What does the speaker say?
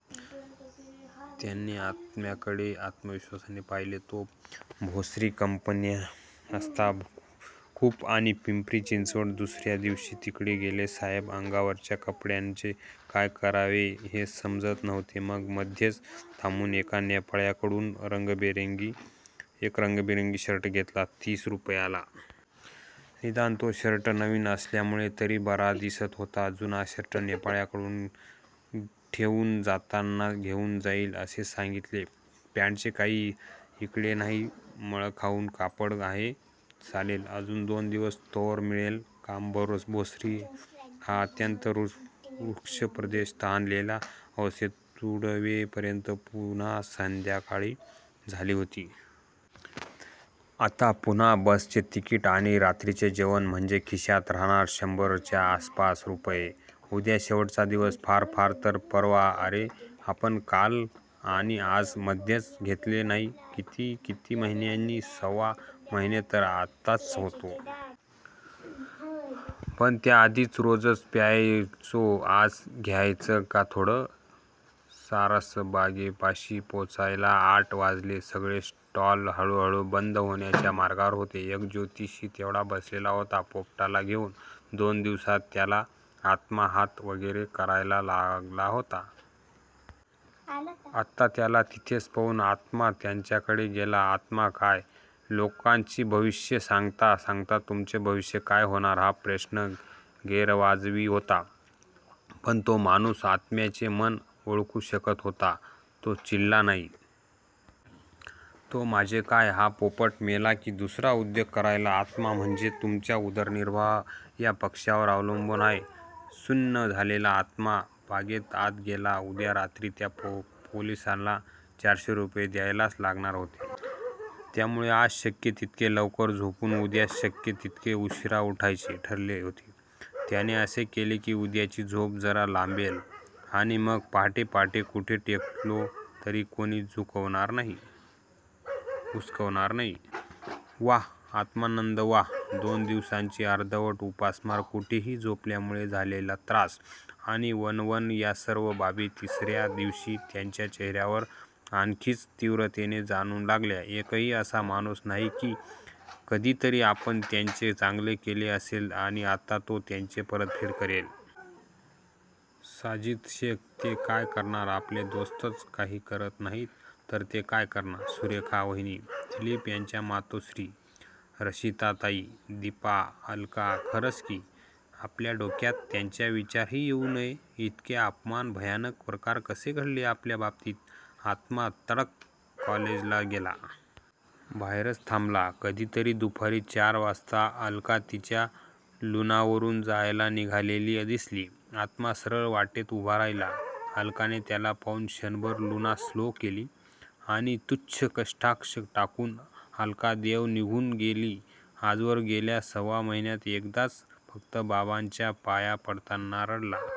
त्याने आत्म्याकडे अविश्वासाने पाहिले. तो भोसरीत कंपन्या असतात खूप आणि पिंपरी चिंचवड! दुसर्या दिवशी तिकडे गेले साहेब! अंगावरच्या कपड्यांचे काय करावे हे समजत नव्हते. मग मध्येच थांबून एका नेपाळ्याकडुन एक रंगीबेरंगी शर्ट घेतला तीस रुपयाला! निदान तो शर्ट नवीन असल्यामुळे तरी बरा दिसत होता. जुना शर्ट नेपाळ्याकडे ठेवून 'जाताना घेऊन जाईन' असे सांगीतले. पँटचे काही इतके नाही. मळखाऊच कापड आहे. चालेल अजून दोन दिवस! तोवर मिळेल काम! भोसरी हा अत्यंत रुक्ष प्रदेश तहानलेल्या अवस्थेत तुडवेपर्यंत पुन्हा संध्याकाळ झाली होती. आता पुन्हा बसचे तिकीट आणि रात्रीचे जेवण! म्हणजे खिशात राहणार शंभरच्या आसपास रुपये! उद्या शेवटचा दिवस फार फार तर परवा अरे! आपण काल आणि आज, मद्यच घेतले नाही किती? किती महिन्यांनी, सव्वा महिना तर आतच होतो. पण त्या आधी रोजच घ्यायचो आज घ्यायचं का थोडं? सारसबागेपाशी पोचायला आठ वाजले. सगळे स्टॉल्स हळू-हळू बंद होण्याच्या मार्गावर होते. एक ज्योतिषी तेवढा बसलेला होता पोपटाला घेऊन! दोन दिवसात त्याला आत्मा हात वगैरे करायला लागला होता. आत्ता त्याला तिथेच पाहून आत्मा त्याच्याकडे गेला. आत्मा काय? लोकांची भविष्ये सांगता सांगता तुमचे भविष्य काय होणार? हा प्रश्न गैरवाजवी होता. पण तो माणूस आत्म्याचे मन ओळखू शकत होता. तो चिडला नाही. तो माझे काय? हा पोपट मेला की दुसरा उद्योग करायचा. आत्मा, म्हणजे तुमचा उदरनिर्वाह या पक्ष्यावर अवलंबून आहे? सुन्न झालेला आत्मा बागेत आत गेला. उद्या रात्री त्या पोलिसाला चारशे रुपये द्यायलाच लागणार होते. त्यामुळे आज शक्य तितके लवकर झोपून उद्या शक्य तितके उशीरा उठायचे ठरवले होते त्याने! असे केले की उद्याची झोप जरा लांबेल! आणि मग पहाटे पहाटे कुठे टेकलो तरी कोणी हुसकावणार नाही. व्वा आत्मानंद व्वा! दोन दिवसांची अर्धवट उपासमार, कुठेही झोपल्यामुळे झालेला त्रास आणि वणवण या सर्व बाबी तिसर्या दिवशी त्याच्या चेहर्यावर आणखीनच तीव्रतेने जाणवू लागल्या. एकही असा माणूस नाही? की कधीतरी आपण ज्याचे चांगले केले असेल आणि आत्ता तो त्याची परतफेड करेल? साजिद शेख? ते काय करणार आपले दोस्तच काही करत नाहीत तर ते काय करणार, सुरेखा वहिनी, दिलीप यांच्या मातु:श्री, रशिदाताई दीपा, अलका खरच की? आपल्या डोक्यात त्यांचा विचारही येऊ नये इतके अमाप भयानक प्रकार कसे घडले आपल्या बाबतीत, आत्मा तडक कॉलेजला गेला. बाहेरच थांबला, कधीतरी दुपारी चार वाजता अलका तिच्या लुनावरून जायला निघालेली दिसली. आत्मा सरळ वाटेत उभा राहिला. अलकाने त्याला पाहून क्षणभर लुना स्लो केली आणि तुच्छ कटाक्ष टाकून अलका देव निघून गेली. आजवर, गेल्या सव्वा महिन्यात एकदाच फक्त बाबांच्या पाया पडताना रडला.--